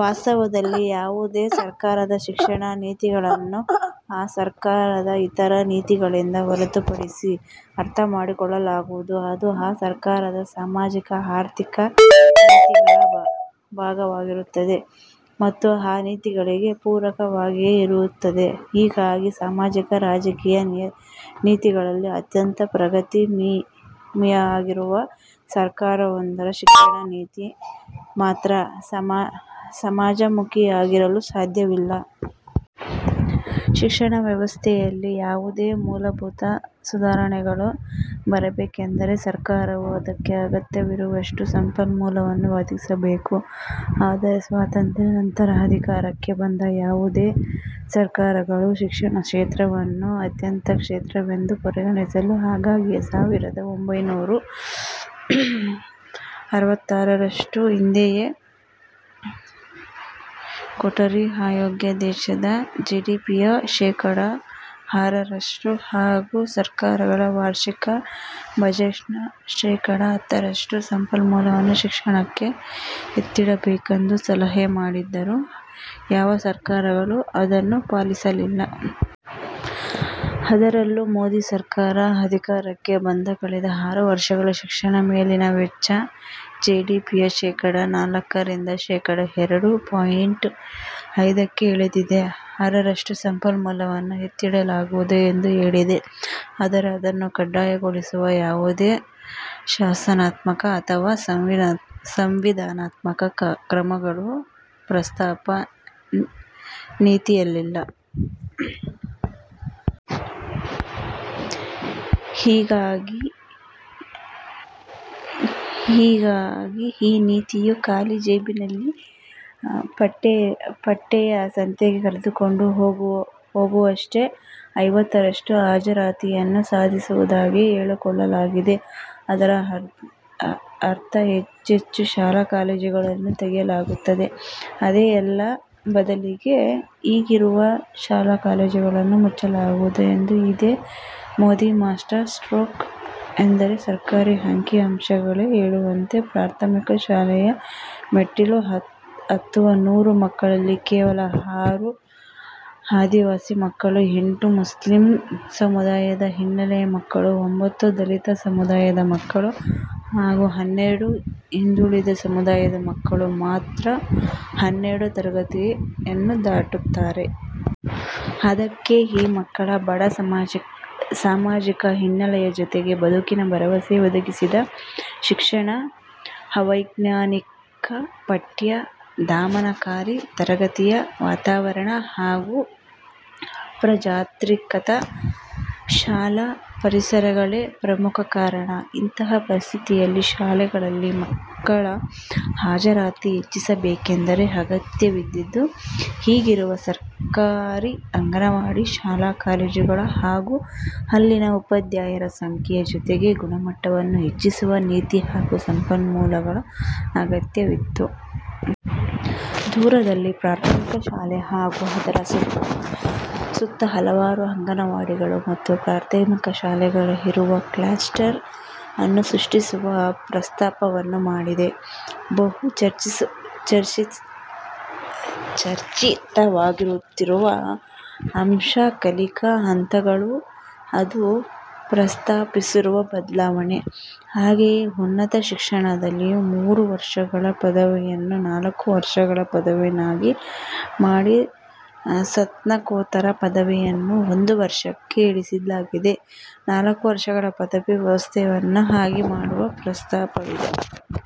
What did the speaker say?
ವಾಸ್ತವದಲ್ಲಿ ಯಾವುದೇ ಸರಕಾರದ ಶಿಕ್ಷಣ ನೀತಿಗಳನ್ನು ಆ ಸರಕಾರದ ಇತರ ನೀತಿಗಳಿಂದ ಹೊರತು ಪಡಿಸಿ ಅರ್ಥಮಾಡಿಕೊಳ್ಳಲಾಗದು. ಅದು ಆ ಸರಕಾರದ ಸಾಮಾಜಿಕ-ಆರ್ಥಿಕ ನೀತಿಗಳ ಭಾಗವಾಗಿರುತ್ತದೆ ಮತ್ತು ಆ ನೀತಿಗಳಿಗೆ ಪೂರಕವಾಗಿಯೇ ಇರುತ್ತದೆ. ಹೀಗಾಗಿ ಸಾಮಾಜಿಕ-ರಾಜಕೀಯ ನೀತಿಗಳಲ್ಲಿ ಅತ್ಯಂತ ಪ್ರತಿಗಾಮಿಯಾಗಿರುವ ಸರಕಾರವೊಂದರ ಶಿಕ್ಷಣ ನೀತಿ ಮಾತ್ರ ಸಮಾಜಮುಖಿಯಾಗಿರಲು ಸಾಧ್ಯವಿಲ್ಲ. ಶಿಕ್ಷಣ ವ್ಯವಸ್ಥೆಯಲ್ಲಿ ಯಾವುದೇ ಮೂಲಭೂತ ಸುಧಾರಣೆಗಳು ಬರಬೇಕೆಂದರೆ ಸರಕಾರವು ಅದಕ್ಕೆ ಅಗತ್ಯವಿರುವಷ್ಟು ಸಂಪನ್ಮೂಲವನ್ನು ಒದಗಿಸಬೇಕು. ಆದರೆ ಸ್ವಾತಂತ್ರ್ಯಾ ನಂತರ ಅಧಿಕಾರಕ್ಕೆ ಬಂದ ಯಾವುದೇ ಸರಕಾರಗಳು ಶಿಕ್ಷಣ ಕ್ಷೇತ್ರವನ್ನು ಆದ್ಯತಾ ಕ್ಷೇತ್ರವೆಂದು ಪರಿಗಣಿಸಲಿಲ್ಲ. ಹೀಗಾಗಿಯೇ ಸಾವಿರದ ಒಂಭೈನೂರ ಅರವತ್ತಾರರಷ್ಟು ಹಿಂದೆಯೇ ಕೊಠಾರಿ ಆಯೋಗ ದೇಶದ ಜಿಡಿಪಿಯ ಶೇಕಡಾ ಆರರಷ್ಟು ಹಾಗೂ ಸರಕಾರಗಳ ವಾರ್ಷಿಕ ಬಜೆಟ್ನ ಶೇಕಡಾ ಹತ್ತರಷ್ಟು ಸಂಪನ್ಮೂಲವನ್ನು ಶಿಕ್ಷಣಕ್ಕೆ ಎತ್ತಿಡಬೇಕೆಂದು ಸಲಹೆ ಮಾಡಿದ್ದರೂ ಯಾವ ಸರಕಾರಗಳೂ ಅದನ್ನು ಪಾಲಿಸಲಿಲ್ಲ. ಅದರಲ್ಲೂ ಮೋದಿ ಸರಕಾರ ಅಧಿಕಾರಕ್ಕೆ ಬಂದ ಕಳೆದ ಆರು ವರ್ಷಗಳಲ್ಲಿ ಶಿಕ್ಷಣದ ಮೇಲಿನ ವೆಚ್ಚ ಜಿಡಿಪಿಯ ಶೇಕಡಾ ನಾಲ್ಕರಿಂದ ಶೇಕಡಾ ಎರಡು ಪಾಯಿಂಟ್ ಐದಕ್ಕೆ ಇಳಿದಿದೆ. ಆರರಷ್ಟು ಸಂಪನ್ಮೂಲವನ್ನು ಎತ್ತಿಡಲಾಗುವುದು ಎಂದು ಹೇಳಿದೆ. ಆದರೆ ಅದನ್ನು ಕಡ್ಡಾಯಗೊಳಿಸುವ ಯಾವುದೇ ಶಾಸನಾತ್ಮಕ ಅಥವಾ ಸಂವಿಧಾನಾತ್ಮಕ ಕ್ರಮಗಳ ಪ್ರಸ್ತಾಪ ನೀತಿಯಲ್ಲಿಲ್ಲ. ಹೀಗಾಗಿ ಈ ನೀತಿಯು ಖಾಲಿ ಜೇಬಿನಲ್ಲಿ ಪೇಟೆಯ ಸಂತೆಗೆ ಕರೆದುಕೊಂಡು ಹೋಗುತ್ತಿದೆಯಷ್ಟೆ. ಐವತ್ತರಷ್ಟು ಹಾಜರಾತಿಯನ್ನು ಸಾಧಿಸುವುದಾಗಿ ಹೇಳಿಕೊಳ್ಳಲಾಗಿದೆ. ಅದರ ಅರ್ಥ ಹೆಚ್ಚೆಚ್ಚು ಶಾಲಾ- ಕಾಲೇಜುಗಳನ್ನು ತೆಗೆಯಲಾಗುತ್ತದೆ ಎಂದೇ? ಅಲ್ಲ. ಬದಲಿಗೆ ಈಗಿರುವ ಶಾಲಾ-ಕಾಲೇಜುಗಳನ್ನು ಮುಚ್ಚಲಾಗುವುದು ಎಂದು. ಇದೇ ಮೋದಿ ಮಾಸ್ಟರ್ ಸ್ಟ್ರೋಕ್ ಆದರೆ ಸರಕಾರಿ ಅಂಕಿ ಅಂಶಗಳೇ ಹೇಳುವಂತೆ ಪ್ರಾಥಮಿಕ ಶಾಲೆಯ ಮೆಟ್ಟಿಲು ಹತ್ತುವ ನೂರು ಮಕ್ಕಳಲ್ಲಿ ಕೇವಲ ಆರು ಆದಿವಾಸಿ ಮಕ್ಕಳು, ಎಂಟು ಮುಸ್ಲಿಂ ಸಮುದಾಯದ ಹಿನ್ನೆಲೆಯ ಮಕ್ಕಳು, ಒಂಭತ್ತು ದಲಿತ ಸಮುದಾಯದ ಮಕ್ಕಳು ಹಾಗೂ ಹನ್ನೆರಡು ಹಿಂದುಳಿದ ಸಮುದಾಯದ ಮಕ್ಕಳು ಮಾತ್ರ ಹನ್ನೆರಡನೇ ತರಗತಿಯನ್ನು ದಾಟುತ್ತಾರೆ. ಅದಕ್ಕೆ ಈ ಮಕ್ಕಳ ಬಡ ಸಾಮಾಜಿಕ ಹಿನ್ನೆಲೆಯ ಜೊತೆಗೆ ಬದುಕಿನ ಭರವಸೆ ಒದಗಿಸದ ಶಿಕ್ಷಣ, ಅವೈಜ್ಞಾನಿಕ ಪಠ್ಯ, ದಮನಕಾರಿ ತರಗತಿಯ ವಾತಾವರಣ ಹಾಗೂ ಅಪ್ರಜಾತಾಂತ್ರಿಕ ಶಾಲಾ ಪರಿಸರಗಳೇ ಪ್ರಮುಖ ಕಾರಣ. ಇಂತಹ ಪರಿಸ್ಥಿತಿಯಲ್ಲಿ ಶಾಲೆಗಳಲ್ಲಿ ಮಕ್ಕಳ ಹಾಜರಾತಿ ಹೆಚ್ಚಿಸಬೇಕೆಂದರೆ ಅಗತ್ಯವಿದ್ದದ್ದು ಈಗಿರುವ ಸರಕಾರಿ ಅಂಗನವಾಡಿ ಶಾಲಾ- ಕಾಲೇಜುಗಳ ಹಾಗೂ ಅಲ್ಲಿನ ಉಪಾಧ್ಯಾಯರ ಸಂಖ್ಯೆಯ ಜೊತೆಗೆ ಗುಣಮಟ್ಟವನ್ನೂ ಹೆಚ್ಚಿಸುವ ನೀತಿ ಹಾಗೂ ಸಂಪನ್ಮೂಲಗಳ ಅಗತ್ಯವಿತ್ತು. ದೂರದಲ್ಲಿ ಪ್ರಾಥಮಿಕ ಶಾಲೆ ಹಾಗೂ ಅದರ ಸುತ್ತ ಹಲವಾರು ಅಂಗನವಾಡಿಗಳು ಮತ್ತು ಪ್ರಾಥಮಿಕ ಶಾಲೆಗಳು ಇರುವ 'ಕ್ಲಸ್ಟರ್' ಅನ್ನು ಸೃಷ್ಟಿಸುವ ಪ್ರಸ್ತಾಪವನ್ನು ಮಾಡಿದೆ. ಬಹು ಚರ್ಚಿತವಾಗುತ್ತಿರುವ ಅಂಶ ಕಲಿಕಾ ಹಂತಗಳಲ್ಲಿ ಅದು ಪ್ರಸ್ತಾಪಿಸಿರುವ ಬದಲಾವಣೆ. ಹಾಗೆಯೇ ಉನ್ನತ ಶಿಕ್ಷಣದಲ್ಲಿದ್ದ ಮೂರು ವರ್ಷಗಳ ಪದವಿಯನ್ನು ನಾಲ್ಕು ವರ್ಷಗಳ ಪದವಿಯನ್ನಾಗಿ ಮಾಡಿ ಸ್ನಾತಕೋತ್ತರ ಪದವಿಯನ್ನು ಒಂದು ವರ್ಷಕ್ಕೆ ಇಳಿಸಲಾಗಿದೆ. ನಾಲ್ಕು ವರ್ಷಗಳ ಪದವಿ ವ್ಯವಸ್ಥೆಯನ್ನು ಆಗಿ ಮಾಡುವ ಪ್ರಸ್ತಾಪವಿದೆ.